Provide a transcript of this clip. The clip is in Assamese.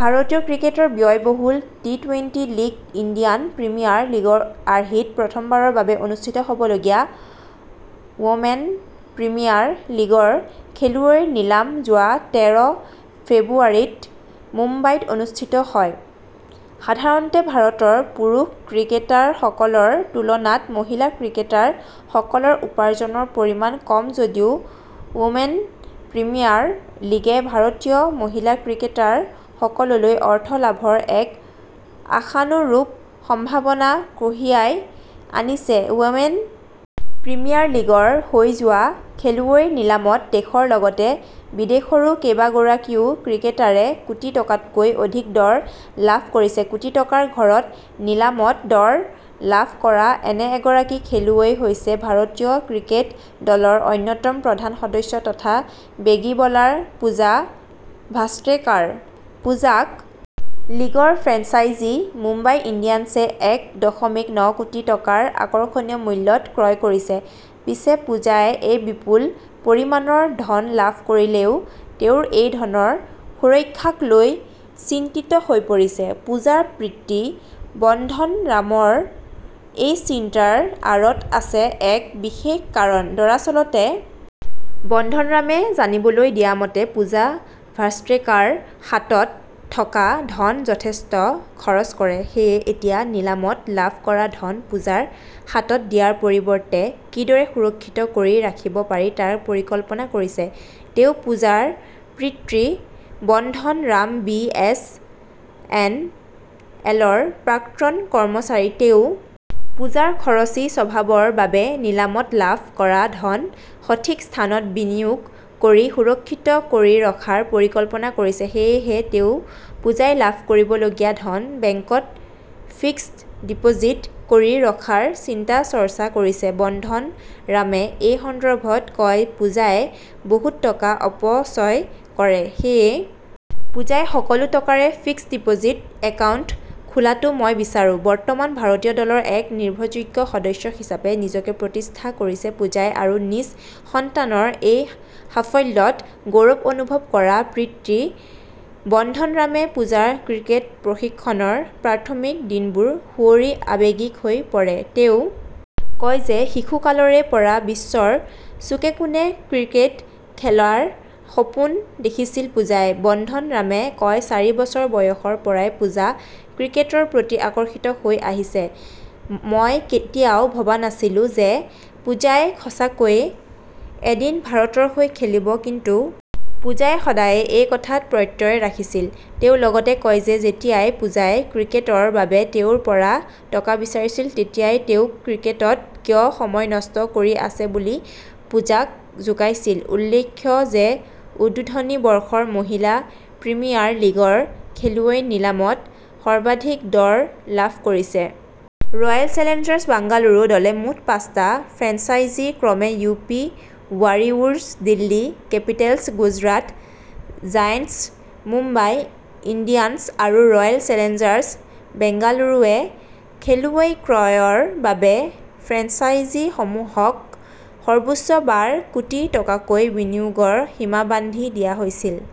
ভাৰতীয় ক্ৰিকেটৰ ব্যয় বহুল টি-টুৱেন্টি লীগ ইণ্ডিয়ান প্ৰিমিয়াৰ লীগৰ আৰ্হিত প্ৰথমবাৰৰ বাবে অনুষ্ঠিত হ'বলগীয়া ৱমেন প্ৰিমিয়াৰ লীগৰ খেলুৱৈৰ নিলাম যোৱা তেৰ ফেব্ৰুৱাৰীত মুম্বাইত অনুষ্ঠিত হয়। সাধাৰণতে ভাৰতৰ পুৰুষ ক্ৰিকেটাৰসকলৰ তুলনাত মহিলা ক্ৰিকেটাৰ সকলৰ উপাৰ্জনৰ পৰিমাণ কম যদিও ৱমেন প্ৰিমিয়াৰ লীগে ভাৰতীয় মহিলা ক্ৰিকেটাৰ সকললৈ অৰ্থ লাভৰ এক আশানুৰূপ সম্ভাৱনা কঢ়িয়াই আনিছে। ৱমেন প্ৰিমিয়াৰ লীগৰ হৈ যোৱা খেলুৱৈৰ নিলামত দেশৰ লগতে বিদেশৰো কেইবাগৰাকীও ক্ৰিকেটাৰে কোটি টকাতকৈ অধিক দৰ লাভ কৰিছে। কোটি টকাৰ ঘৰত নিলামত দৰ লাভ কৰা এনে এগৰাকী খেলুৱৈ হৈছে ভাৰতীয় ক্ৰিকেট দলৰ অন্যতম প্ৰধান সদস্য তথা বেগী বলাৰ পূজা ভাষ্ট্ৰেকাৰ। পূজাক লীগৰ ফ্ৰেঞ্চাইজি মুম্বাই ইণ্ডিয়ানছে এক দশমিক ন কোটি টকাৰ আকৰ্ষণীয় মূল্যত ক্ৰয় কৰিছে। পিছে পূজাই এই বিপুল পৰিমাণৰ ধন লাভ কৰিলেও তেওঁৰ এই ধনৰ সুৰক্ষাক লৈ চিন্তিত হৈ পৰিছে ।পূজাৰ পিতৃ বন্ধন ৰামৰ এই চিন্তাৰ আঁৰত আছে এক বিশেষ কাৰণ। দৰাচলতে বন্ধন ৰামে জানিবলৈ দিয়া মতে পূজা ভাষ্ট্ৰেকাৰ হাতত থকা ধন যথেষ্ট খৰচ কৰে। সেয়ে এতিয়া নিলামত লাভ কৰা ধন পূজাৰ হাতত দিয়াৰ পৰিৱৰ্তে কিদৰে সুৰক্ষিত কৰি ৰাখিব পাৰি তাৰ পৰিকল্পনা কৰিছে ।তেওঁ পূজাৰ পিতৃ বন্ধন ৰাম বি এছ এন এলৰ প্ৰাক্তন কৰ্মচাৰী। তেওঁ পূজাৰ খৰচী স্বভাৱৰ বাবে নিলামত লাভ কৰা ধন সঠিক স্থানত বিনিয়োগ কৰি সুৰক্ষিত কৰি ৰখাৰ পৰিকল্পনা কৰিছে। সেয়েহে তেওঁ পূজাই লাভ কৰিবলগীয়া ধন বেংকত ফিক্সড ডিপজিট কৰি ৰখাৰ চিন্তা চৰ্চা কৰিছে। বন্ধন ৰামে এই সন্দৰ্ভত কয় পূজাই বহুত টকা অপচয় কৰে। সেয়েই পূজাই সকলো টকাৰে ফিক্সড ডিপজিট একাউণ্ট খোলাটো মই বিচাৰোঁ। বৰ্তমান ভাৰতীয় দলৰ এক নিৰ্ভৰযোগ্য সদস্য হিচাপে নিজকে প্ৰতিষ্ঠা কৰিছে পূজাই আৰু নিজ সন্তানৰ এই সাফল্যত গৌৰৱ অনুভৱ কৰা পিতৃ বন্ধন ৰামে পূজাৰ ক্ৰিকেট প্ৰশিক্ষণৰ প্ৰাথমিক দিনবোৰ সুঁৱৰি আবেগিক হৈ পৰে। তেওঁ কয় যে শিশু কালৰে পৰা বিশ্বৰ চুকে-কোণে ক্ৰিকেট খেলাৰ সপোন দেখিছিল পূজাই। বন্ধন ৰামে কয় চাৰি বছৰ বয়সৰ পৰাই পূজা ক্ৰিকেটৰ প্ৰতি আকৰ্ষিত হৈ আহিছে। মই কেতিয়াও ভবা নাছিলো যে পূজাই সঁচাকৈয়ে এদিন ভাৰতৰ হৈ খেলিব। কিন্তু পূজাই সদায়ে এই কথাত প্ৰত্যয় ৰাখিছিল। তেওঁ লগতে কয় যে যেতিয়াই পূজাই ক্ৰিকেটৰ বাবে তেওঁৰ পৰা টকা বিচাৰিছিল তেতিয়াই তেওঁক ক্ৰিকেটত কিয় সময় নষ্ট কৰি আছে বুলি পূজাক জোকাইছিল। উল্লেখ্য যে উদ্বোধনী বৰ্ষৰ মহিলা প্ৰিমিয়াৰ লীগৰ খেলুৱৈ নিলামত সৰ্বাধিক দৰ লাভ কৰিছে । ৰয়েল চেলেঞ্জাৰ্চ বাংগালুৰু দলে মুঠ পাঁচটা ফ্ৰেন্সাইজি ক্ৰমে U P Warriorz Delhi Capitals Gujarat Giants Mumbai Indians আৰু ৰয়েল চেলেঞ্জাৰছ বেংগালুৰুৱে খেলুৱৈ ক্ৰয়ৰ বাবে ফ্ৰেঞ্চাইজিসমূহক সৰ্বোচ্চ বাৰ কোটি টকাকৈ বিনিয়োগৰ সীমা বান্ধি দিয়া হৈছিল।